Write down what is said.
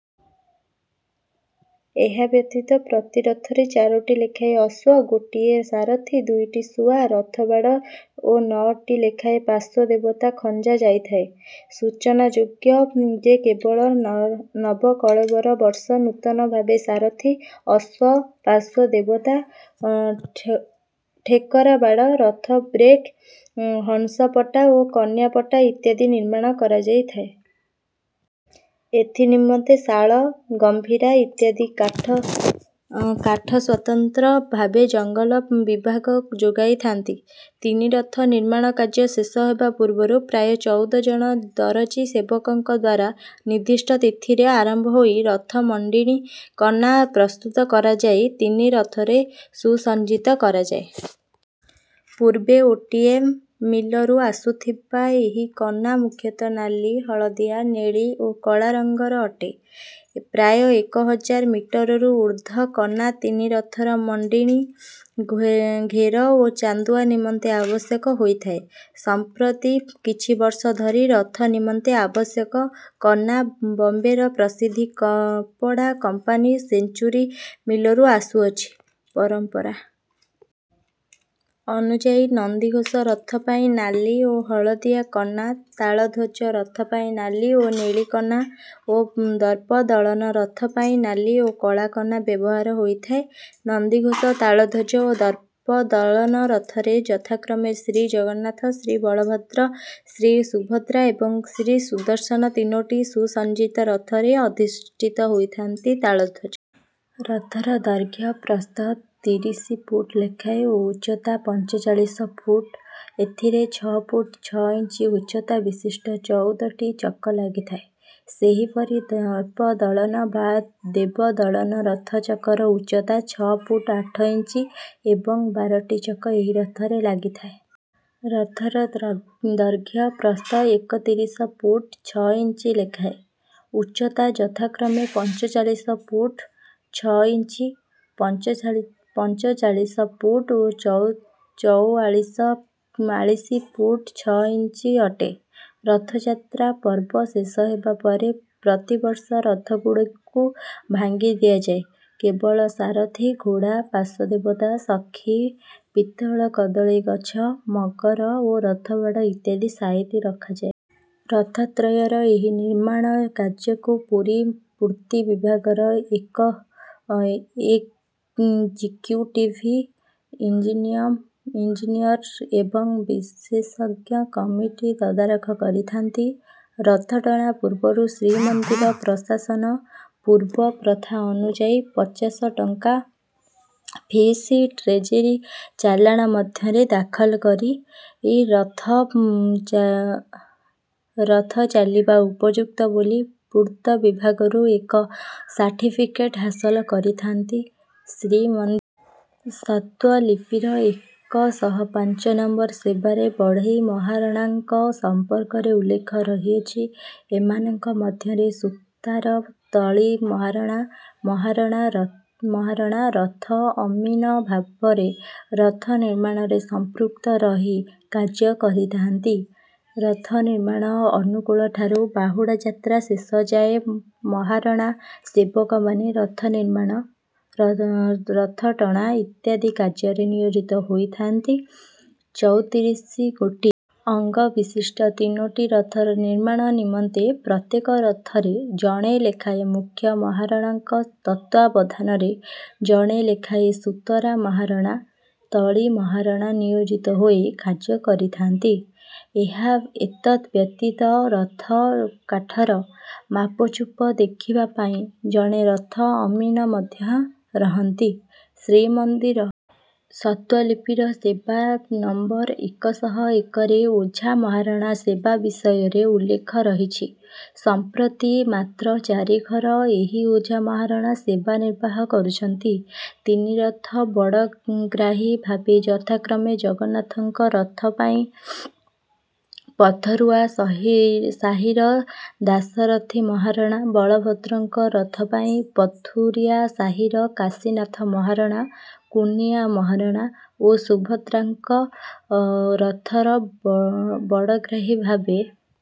ଏହା ବ୍ୟତୀତ ପ୍ରତି ରଥରେ ଚାରୋଟି ଲେଖାଏଁ ଅଶ୍ୱ, ଗୋଟିଏ ସାରଥୀ, ଦୁଇଟି ଶୁଆ, ରଥବାଡ଼ ଓ ନଅଟି ଲେଖାଏଁ ପାର୍ଶ୍ୱ ଦେବତା ଖଞ୍ଜା ଯାଇଥାଏ। ସୂଚନାଯୋଗ୍ୟ ଯେ, କେବଳ ନବକଳେବର ବର୍ଷ ନୂତନ ଭାବେ ସାରଥୀ, ଅଶ୍ୱ, ପାର୍ଶ୍ୱ ଦେବତା, ଠେକରା ବାଡ଼, ରଥବ୍ରେକ୍, ହଂସପଟା ଓ କନ୍ୟାପଟା ଇତ୍ୟାଦି ନିର୍ମାଣ କରାଯାଇଥାଏ। ଏଥି ନିମନ୍ତେ ଶାଳ, ଗମ୍ଭାରୀ ଇତ୍ୟାଦି କାଠ ସ୍ୱତନ୍ତ୍ର ଭାବେ ଜଙ୍ଗଲ ବିଭାଗ ଯୋଗାଇଥାନ୍ତି। ତିନି ରଥ ନିର୍ମାଣ କାର୍ଯ୍ୟ ଶେଷ ହେବା ପୂର୍ବରୁ ପ୍ରାୟ ଚଉଦ ଜଣ ଦରଜୀ ସେବକଙ୍କ ଦ୍ୱାରା ନିର୍ଦ୍ଦିଷ୍ଟ ତିଥିରେ ଆରମ୍ଭ ହୋଇ ରଥ ମଣ୍ଡିଣି କନା ପ୍ରସ୍ତୁତ କରାଯାଇ ତିନି ରଥରେ ସୁସଜ୍ଜିତ କରାଯାଏ। ପୂର୍ବେ ଓ.ଟି.ଏମ୍. ମିଲ୍‌ରୁ ଆସୁଥିବା ଏହି କନା ମୁଖ୍ୟତଃ ନାଲି, ହଳଦିଆ, ନେଳି ଓ କଳା ରଙ୍ଗର ଅଟେ। ପ୍ରାୟ ଏକ ହଜାର ମିଟରରୁ ଊର୍ଦ୍ଧ୍ୱ କନା ତିନି ରଥର ମଣ୍ଡଣି, ଘେର ଓ ଚାନ୍ଦୁଆ ନିମନ୍ତେ ଆବଶ୍ୟକ ହୋଇଥାଏ। ସମ୍ପ୍ରତି କିଛି ବର୍ଷ ଧରି ରଥ ନିମିତ୍ତ ଆବଶ୍ୟକ କନା ବମ୍ବେର ପ୍ରସିଦ୍ଧ କପଡ଼ା କମ୍ପାନୀ ସେଞ୍ଚୁରୀ ମିଲ୍‌ରୁ ଆସୁଅଛି। ପରମ୍ପରା ଅନୁଯାୟୀ ନନ୍ଦିଘୋଷ ରଥ ପାଇଁ ନାଲି ଓ ହଳଦିଆ କନା, ତାଳଧ୍ୱଜ ରଥ ପାଇଁ ନାଲି ଓ ନେଳି କନା ଓ ଦର୍ପଦଳନ ରଥ ପାଇଁ ନାଲି ଓ କଳା କନା ବ୍ୟବହାର ହୋଇଥାଏ। ନନ୍ଦିଘୋଷ, ତାଳଧ୍ୱଜ ଓ ଦର୍ପଦଳନ ରଥରେ ଯଥାକ୍ରମେ ଶ୍ରୀଜଗନ୍ନାଥ, ଶ୍ରୀବଳଭଦ୍ର, ଶ୍ରୀସୁଭଦ୍ରା ଏବଂ ଶ୍ରୀସୁଦର୍ଶନ ତିନୋଟି ସୁସଜ୍ଜିତ ରଥରେ ଅଧିଷ୍ଠିତ ହୋଇଥାଆନ୍ତି। ତାଳଧ୍ୱଜ ରଥର ଦୈର୍ଘ୍ୟ-ପ୍ରସ୍ଥ ତେତିଶି ଫୁଟ୍ ଲେଖାଏଁ ଓ ଉଚ୍ଚତା ପଞ୍ଚଚାଳିଶି ଫୁଟ୍। ଏଥିରେ ଛଅ ଫୁଟ୍ ଛଅ ଇଞ୍ଚ ଉଚ୍ଚତା ବିଶିଷ୍ଟ ଚଉଦଟି ଚକ ଲାଗିଥାଏ। ସେହିପରି ଦର୍ପଦଳନ ବା ଦେବଦଳନ ରଥ ଚକର ଉଚ୍ଚତା ଛଅ ଫୁଟ୍ ଆଠ ଇଞ୍ଚ ଏବଂ ବାରଟି ଚକ ଏହି ରଥରେ ଲାଗିଥାଏ। ରଥର ଦ ଦୈର୍ଘ୍ୟ ପ୍ରସ୍ଥ ଏକତିରିଶି ଫୁଟ୍ ଛଅ ଇଞ୍ଚ ଲେଖାଏଁ। ଉଚ୍ଚତା ଯଥାକ୍ରମେ ପଞ୍ଚଚାଳିଶି ଫୁଟ୍ ଛଅ ଇଞ୍ଚ, ପଞ୍ଚଚାଳି ପୁପଞ୍ଚଚାଳିଶି ଫୁଟ୍ ଓ ଚଉ ଚଉଆଳିଶି ଫୁଟ୍ ଛଅ ଇଞ୍ଚ ଅଟେ। ରଥଯାତ୍ରା ପର୍ବ ଶେଷ ହେବା ପରେ ପ୍ରତିବର୍ଷ ରଥଗୁଡ଼ିକୁ ଭାଙ୍ଗି ଦିଆଯାଏ। କେବଳ ସାରଥୀ, ଘୋଡ଼ା, ପାର୍ଶ୍ୱ ଦେବତା, ସଖୀ, ପିତ୍ତଳର କଦଳୀ ଗଛ, ମଗର ଓ ରଥବାଡ଼ ଇତ୍ୟାଦି ସାଇତି ରଖାଯାଏ। ରଥତ୍ରୟର ଏହି ନିର୍ମାଣ କାର୍ଯ୍ୟକୁ ପୁରୀ ପୂର୍ତ୍ତ ବିଭାଗର ଏକ ଏକ୍‌ଜିକ୍ୟୁଟିଭ୍ ଇଞ୍ଜିମିର ଇଞ୍ଜିନିୟର ଏବଂ ବିଶେଷଜ୍ଞ କମିଟି ତଦାରଖ କରିଥାନ୍ତି। ରଥଟଣା ପୂର୍ବରୁ ଶ୍ରୀମନ୍ଦିର ପ୍ରଶାସନ ପୂର୍ବ ପ୍ରଥା ଅନୁଯାୟୀ ପଚାଶ ଟଙ୍କା ଫିସ୍ ଟ୍ରେଜେରୀ ଚାଲାଣ ମଧ୍ୟମରେ ଦାଖଲ କରି ରଥ ଚାଲିବା ଉପଯୁକ୍ତ ବୋଲି ପୂର୍ତ୍ତ ବିଭାଗରୁ ଏକ ସାର୍ଟିଫିକେଟ୍ ହାସଲ କରିଥାନ୍ତି। ଶ୍ରୀମନ୍ଦିର ସ୍ୱତ୍ତ୍ୱଲିପିର ଏକ ଶହ ପାଞ୍ଚ ନମ୍ବର ସେବାରେ ବଢ଼େଇ ମହାରଣାଙ୍କ ସମ୍ପର୍କରେ ଉଲ୍ଲେଖ ରହିଅଛି। ଏମାନଙ୍କ ମଧ୍ୟରେ ସୁତାର, ତଳି ମହାରଣା, ମହାରଣା, ରଥ ଅମୀନ ଭାବରେ ରଥ ନିର୍ମାଣରେ ସଂପୃକ୍ତ ରହି କାର୍ଯ୍ୟ କରିଥାନ୍ତି। ରଥ ନିର୍ମାଣ ଅନୁକୂଳଠାରୁ ବାହୁଡ଼ା ଯାତ୍ରା ଶେଷ ଯାଏଁ ମହାରଣା ସେବକମାନେ ରଥ ନିର୍ମାଣ, ରଥଟଣା ଇତ୍ୟାଦି କାର୍ଯ୍ୟରେ ନିଯୋଜିତ ରହିଥାନ୍ତି। ଚୌତିରିଶିଗୋଟି ଅଙ୍ଗ ବିଶିଷ୍ଟ ତିନୋଟି ରଥର ନିର୍ମାଣ ନିମନ୍ତେ ପ୍ରତ୍ୟେକ ରଥରେ ଜଣେ ଲେଖାଏଁ ମୁଖ୍ୟ ମହାରଣାଙ୍କ ତତ୍ତ୍ୱାବଧାନରେ ଜଣେ ଲେଖାଏଁ ସୁତାର ମହାରଣା, ତଳି ମହାରଣା ନିୟୋଜିତ ହୋଇ କାର୍ଯ୍ୟ କରିଥାନ୍ତି। ଏହା ଏତଦ୍‌ବ୍ୟତୀତ ରଥ କାଠର ମାପଚୁପ ଦେଖିବା ପାଇଁ ଜଣେ ରଥ ଅମୀନ ମଧ୍ୟ ରହନ୍ତି। ଶ୍ରୀମନ୍ଦିର ସ୍ୱତ୍ତ୍ୱଲିପିର ସେବା ନମ୍ବର ଏକ ଶହ ଏକରେ ଓଝା ମହାରଣା ସେବା ବିଷୟରେ ଉଲ୍ଲେଖ ରହିଛି। ସମ୍ପ୍ରତି ମାତ୍ର ଚାରି ଘର ଏହି ଓଝା ମହାରଣା ସେବା ନିର୍ବାହ କରୁଛନ୍ତି। ତିନି ରଥ ବଡ଼ଗ୍ରାହୀ ଭାବେ ଯଥାକ୍ରମେ ଜଗନ୍ନାଥଙ୍କ ରଥ ପାଇଁ ପଥୁରିଆ ସହି ସାହିର ଦାଶରଥି ମହାରଣା, ବଳଭଦ୍ରଙ୍କ ରଥ ପାଇଁ ପଥୁରିଆ ସାହିର କାଶୀନାଥ ମହାରଣା, କୁନିଆ ମହାରଣା ଓ ସୁଭଦ୍ରାଙ୍କ ରଥର ବଡ଼ଗ୍ରାହୀ ଭାବେ...